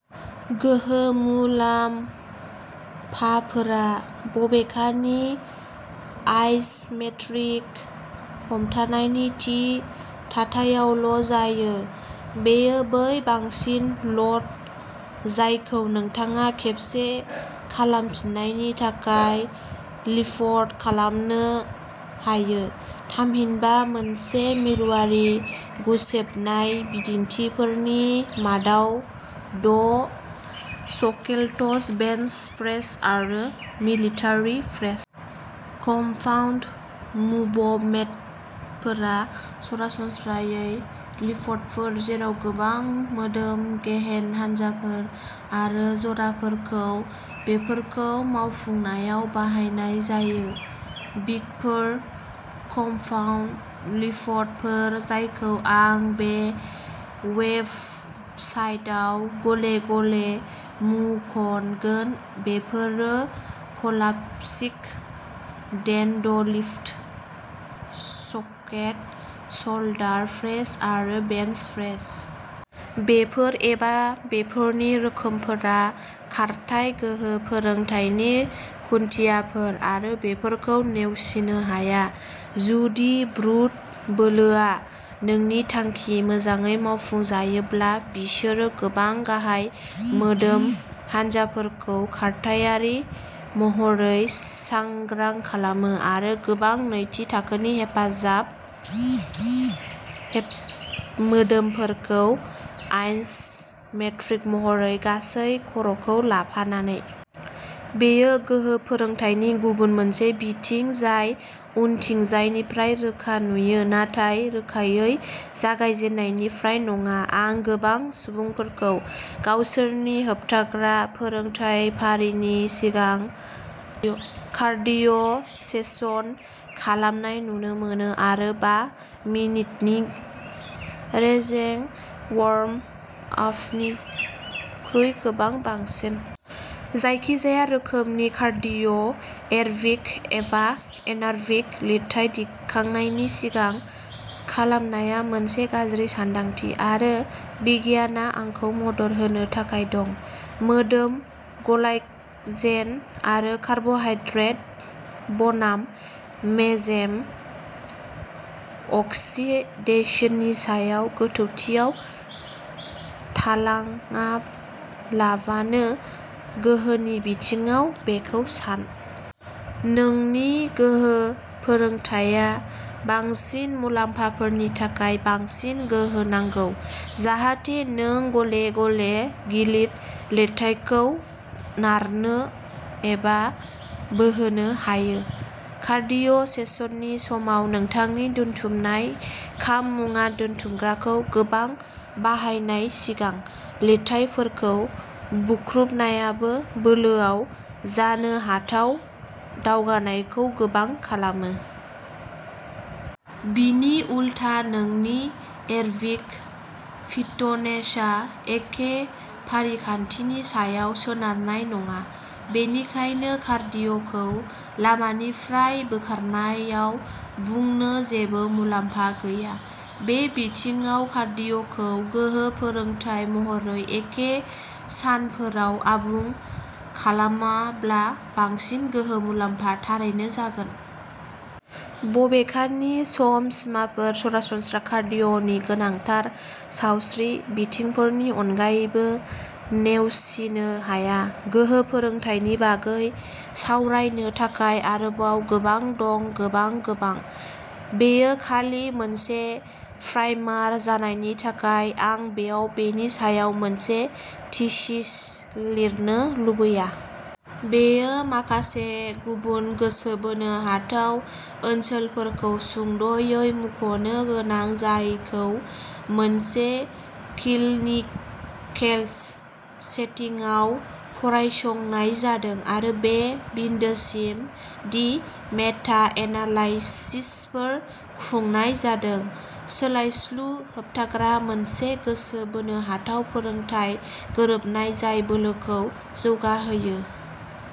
गोहोम मुलाम्फाफोरा बबेखानि आइस'मेट्रिक हमथानायनि थि थाथायावल' जायो। बेयो बै बांसिन ल'ड जायखौ नोंथाङा खेबसे खालामफिननायनि थाखाय लिफ्ट खालामनो हायो, थामहिनबा मोनसे मिरुआरि गुसेबनाय। बिदिन्थिफोरनि मादाव दं सकेलटस, बेन्च प्रेस आरो मिलिटारि प्रेस। कम्पाउन्ड मुभमेन्टफोरा सरासनस्रायै लिफ्टफोर, जेराव गोबां मोदोम गेहेन हानजाफोर आरो जराफोरखौ बेफोरखौ मावफुंनायाव बाहायनाय जायो। बिग फोर कम्पाउन्ड लिफ्टफोर जायखौ आं बे वेबसाइटआव गले गले मुंखगोन बेफोरो classic deadlift, squat, shoulder press आरो बेन्च प्रेस। बेफोर, एबा बेफोरनि रोखोमफोरा, खारथाइ गोहो फोरोंथायनि खुन्थियाफोर, आरो बेफोरखौ नेवसिनो हाया। जुदि ब्रुट बोलोआ नोंनि थांखि। मोजाङै मावफुंजायोब्ला, बिसोरो गोबां गाहाय मोदोम हानजाफोरखौ खारथायारि महरै सांग्रां खालामो, आरो गोबां नैथि थाखोनि हेफाजाब मोदोमफोरखौ आइस'मेट्रिक महरै, गासै क'रखौ लाफानानै। बेयो गोहो फोरोंथायनि गुबुन मोनसे बिथिं जाय उनथिंजायनिफ्राय रोखा नुयो नाथाय रोखायै जागायजेननायनिफ्राय नङा। आं गोबां सुबुंफोरखौ गावसोरनि होबथाग्रा फोरोंथाय फारिनि सिगां कार्डिय' सेसन खालामनाय नुनो मोनो, आरो बा मिनिटनि रेजें वार्मआपनिख्रुइ गोबां बांसिन। जायखिजाया रोखोमनि कार्डिय', एरबिक एबा एनारबिक, लिरथाय दिखांनायनि सिगां खालामनाया मोनसे गाज्रि सानदांथि, आरो बिगियानआ आंखौ मदद होनो थाखाय दं। मोदोम ग्लाइक'जेन आरो कार्ब'हाइड्रेट बनाम मेजेम अक्सिडेशननि सायाव गोथौथियाव थालांङालाबानो, गोहोनि बिथिङाव बेखौ सान। नोंनि गोहो फोरोंथाया बांसिन मुलाम्फाफोरनि थाखाय बांसिन गोहो नांगौ, जाहाथे नों गले गले गिलिर लिरथायखौ नारनो एबा बोहोनो हायो। कार्डिय' सेसननि समाव नोंथांनि दोनथुमनाय खाम मुवा दोनथुमग्राखौ गोबां बाहायनाय, सिगां। लिरथायफोरखौ बुख्रुबनायाबो, बोलोआव जानो हाथावना दावगानायखौ गोबां खमायगोन। बिनि उलथा, नोंनि एरबिक फिटनेसआ एखे फारिखान्थिनि सायाव सोनारनाय नङा, बेनिखायनो "कार्डिय'खौ लामानिफ्राय बोखारनाय" आव बुंनो जेबो मुलाम्फा गैया। बे बिथिङाव, कार्डिय'खौ गोहो फोरोंथाय महरै एखे सानफोराव आबुं खालामाब्ला बांसिन गोहो मुलाम्फा थारैनो जागोन। बबेखानि, सम सिमाफोर, सरासनस्रा कार्डिय'नि गोनांथार सावस्रि बिथिंफोरनि अनगायैबो नेवसिनो हाया। गोहो फोरोंथायनि बागै सावरायनो थाखाय आरोबाव गोबां दं गोबां, गोबां। बेयो खालि मोनसे प्राइमार जानायनि थाखाय, आं बेयाव बेनि सायाव मोनसे थीसिस लिरनो लुबैया। बेयो माखासे गुबुन गोसो बोनो हाथाव ओनसोलफोरखौ सुंद'यै मुंख'नो गोनां जायखौ मोनसे किलनिकेस सेटिंआव फरायसंनाय जादों, आरो बे बिन्दोसिम दि मेटा एनालाइसिसफोर खुंनाय जादों। सोलायस्लु होबथाग्रा मोनसे गोसो बोनो हाथाव फोरोंथाय गोरोबनाय जाय बोलोखौ जौगाहोयो।